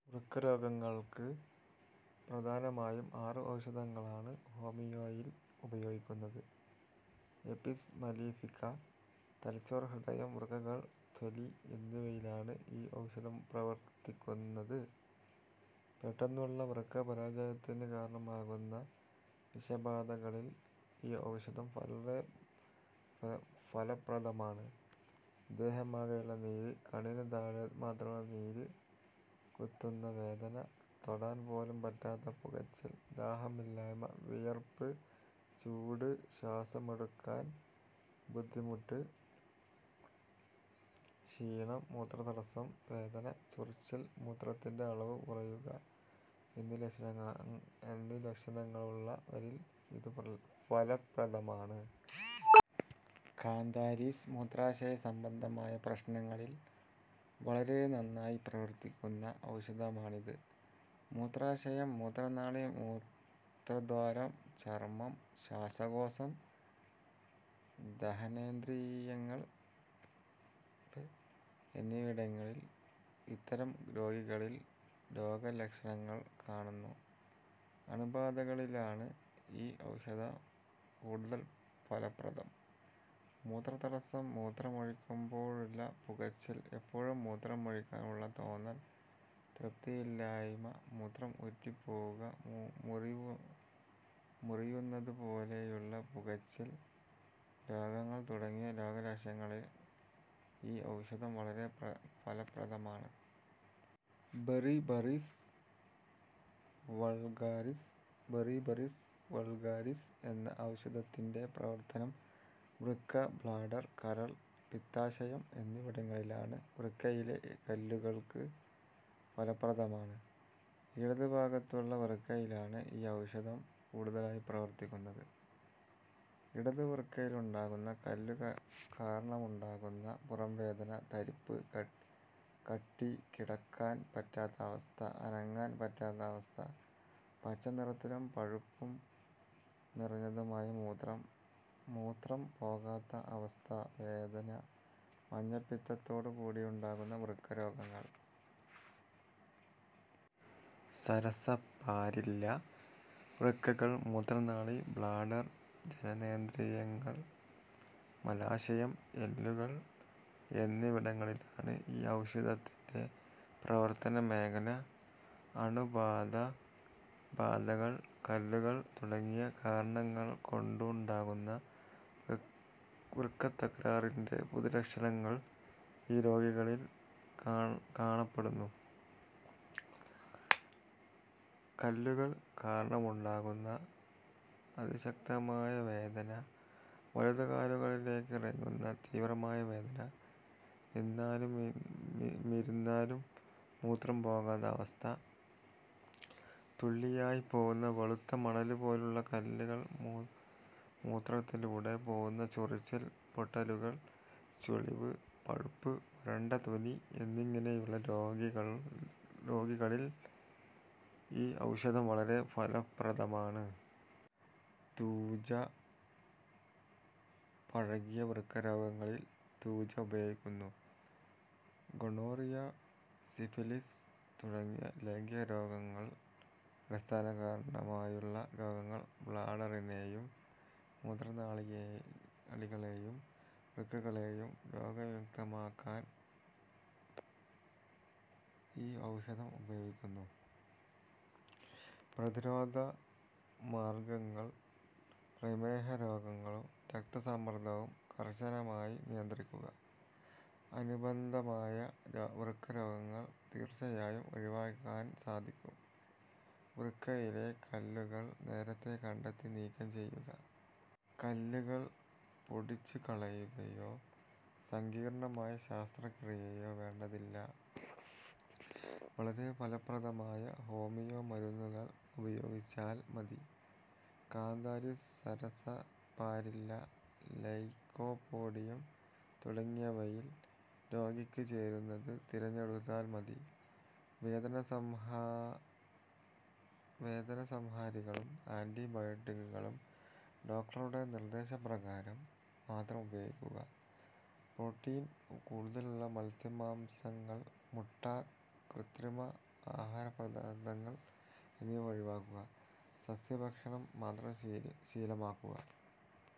വൃക്കരോഗങ്ങള്ക്ക് പ്രധാനമായും ആറ് ഔഷധങ്ങളാണ് ഹോമിയോയില് ഉപയോഗിക്കുന്നത്. എപ്പിസ് മലിഫിക്ക തലച്ചോറ്, ഹൃദയം, വൃക്കകള്, തൊലി എന്നിവയിലാണ് ഈ ഔഷധം പ്രവര്ത്തിക്കുന്നത്. പെട്ടെന്നുള്ള വൃക്കപരാജയത്തിനു കാരണമാകുന്ന വിഷബാധകളില് ഈ ഔഷധം വളരെ ഫലപ്രദമാണ്. ദേഹമാകെയുള്ള നീര്, കണ്ണിനു താഴെ മാത്രമുള്ള നീര്, കുത്തുന്ന വേദന, തൊടാന് പോലും പറ്റാത്ത പുകച്ചില്, ദാഹമില്ലായ്മ, വിയര്പ്പ്, ചൂട്, ശ്വാസമെടുക്കാന് ബുദ്ധിമുട്ട്, ക്ഷീണം, മൂത്രതടസ്സം, വേദന, ചൊറിച്ചില്, മൂത്രത്തിന്റെ അളവ് കുറയുക എന്നീ ലക്ഷണങ്ങളുള്ളവരില് ഇതു ഫലപ്രദമാണ്. കാന്താരിസ് മൂത്രാശയ സംബന്ധമായ പ്രശ്നങ്ങളില് വളരെ നന്നായി പ്രവര്ത്തിക്കുന്ന ഔഷധമാണിത്. മൂത്രാശയം, മൂത്രനാളി, മൂത്രദ്വാരം, ചര്മ്മം, ശ്വാസകോശം, ദഹനേന്ദ്രിയങ്ങള് എന്നിവിടങ്ങളില് ഇത്തരം രോഗികളില് രോഗലക്ഷണങ്ങള് കാണുന്നു. അണുബാധകളിലാണ് ഈ ഔഷധം കൂടുതല് ഫലപ്രദം. മൂത്രതടസ്സം, മൂത്രമൊഴിക്കുമ്പോഴുള്ള പുകച്ചില്, എപ്പോഴും മൂത്രമൊഴിക്കാനുള്ള തോന്നല്, തൃപ്തിയില്ലായ്മ, മൂത്രം ഉറ്റിപ്പോവുക, മുറിയുന്നതുപോലെയുള്ള പുകച്ചില്, വേദന, രക്തസ്രാവം, വിശപ്പും ദാഹവുമില്ലായ്മ, മൂത്രത്തില് രക്തം, പഴുപ്പ്, തുള്ളിതുള്ളിയായുള്ള കൊഴുത്ത മൂത്രം, പഴകിയ ലൈംഗിക രോഗങ്ങള് തുടങ്ങിയ രോഗലക്ഷണങ്ങളില് ഈ ഔഷധം വളരെ ഫലപ്രദമാണ്. ബെറിബറിസ് വള്ഗാരിസ് ബെറിബറിസ് വള്ഗാരിസ് എന്ന ഔഷധത്തിന്റെ പ്രവര്ത്തനം വൃക്ക, ബ്ലാഡര്, കരള്, പിത്താശയം എന്നിവിടങ്ങളിലാണ്. വൃക്കയിലെ കല്ലുകള്ക്ക് ഫലപ്രദമാണ്. ഇടതു ഭാഗത്തുള്ള വൃക്കയിലാണ് ഈ ഔഷധം കൂടുതലായി പ്രവര്ത്തിക്കുന്നത്. ഇടതു വൃക്കയിലുണ്ടാകുന്ന കല്ലു കാരണമുണ്ടാകുന്ന പുറംവേദന, തരിപ്പ്, കട്ടി, കിടക്കാന് പറ്റാത്ത അവസ്ഥ, അനങ്ങാന് പറ്റാത്ത അവസ്ഥ, പച്ചനിറത്തിലും പഴുപ്പു നിറഞ്ഞതുമായ മൂത്രം, മൂത്രം പോകാത്ത അവസ്ഥ, വേദന, മഞ്ഞപ്പിത്തത്തോടു കൂടിയുണ്ടാകുന്ന വൃക്കരോഗങ്ങള്. സരസപ്പാരില്ല വൃക്കകള്, മൂത്രനാളി, ബ്ലാഡര്, ജനനേന്ദ്രിയങ്ങള്, മലാശയം, എല്ലുകള് എന്നിവിടങ്ങളിലാണ് ഈ ഔഷധത്തിന്റെ പ്രവര്ത്തന മേഖല. അണുബാധകള്, കല്ലുകള് തുടങ്ങിയ കാരണങ്ങള്കൊണ്ടുണ്ടാകുന്ന വൃക്കത്തകരാറിന്റെ പൊതുലക്ഷണങ്ങള് ഈ രോഗികളില് കാണപ്പെടുന്നു. കല്ലുകള് കാരണമുണ്ടാകുന്ന അതിശക്തമായ വേദന, വലതുകാലുകളിലേക്കിറങ്ങുന്ന തീവ്രമായ വേദന, നിന്നാലുമിരുന്നാലും മൂത്രം പോകാത്ത അവസ്ഥ, തുള്ളിയായി പോവുക, വെളുത്ത മണലുപോലുള്ള കല്ലുകള് മൂത്രത്തിലൂടെ പോവുക, ചൊറിച്ചില്, പൊട്ടലുകള്, ചുളിവ്, പഴുപ്പ്, വരണ്ട തൊലി എന്നിങ്ങനെയുള്ള രോഗികളില് ഈ ഔഷധം വളരെ ഫലപ്രദമാണ്. തൂജ പഴകിയ വൃക്കരോഗങ്ങളില് തൂജ ഉപയോഗിക്കുന്നു. ഗൊണോറിയ, സിഫിലിസ് തുടങ്ങിയ ലൈംഗികരോഗങ്ങള് അടിസ്ഥാനകാരണമായുള്ള രോഗങ്ങളില് ബ്ലാഡറിനെയും മൂത്രനാളികളെയും വൃക്കകളെയും രോഗവിമുക്തമാക്കാന് ഈ ഔഷധം ഉപയോഗിക്കുന്നു. പ്രതിരോധ മാര്ഗങ്ങള് പ്രമേഹരോഗവും രക്തസമ്മര്ദവും കര്ശനമായി നിയന്ത്രിക്കുക. അനുബന്ധമായ വൃക്കരോഗങ്ങള് തീര്ച്ചയായും ഒഴിവാക്കാന് സാധിക്കും. വൃക്കയിലെ കല്ലുകള് നേരത്തെ കണ്ടെത്തി നീക്കം ചെയ്യുക. കല്ലുകള് പൊടിച്ചുകളയുകയോ സങ്കീര്ണമായ ശസ്ത്രക്രിയയോ വേണ്ടതില്ല. വളരെ ഫലപ്രദമായ ഹോമിയോ മരുന്നുകള് ഉപയോഗിച്ചാല് മതി. കാന്താരിസ്, സരസപ്പാരില്ല, ലൈക്കോപോഡിയം തുടങ്ങിയവയില് രോഗിക്ക് ചേരുന്നത് തിരഞ്ഞെടുത്താല് മതി. വേദന സംഹാരികളും ആന്റിബയോട്ടിക്കുകളും ഡോക്ടറുടെ നിര്ദേശപ്രകാരം മാത്രം ഉപയോഗിക്കുക. പ്രോട്ടീന് കൂടുതലായുള്ള മത്സ്യമാംസാദികള്, മുട്ട, കൃത്രിമ ആഹാരപദാര്ഥങ്ങള് എന്നിവ ഒഴിവാക്കുക. സസ്യഭക്ഷണം മാത്രം ശീലമാക്കുക.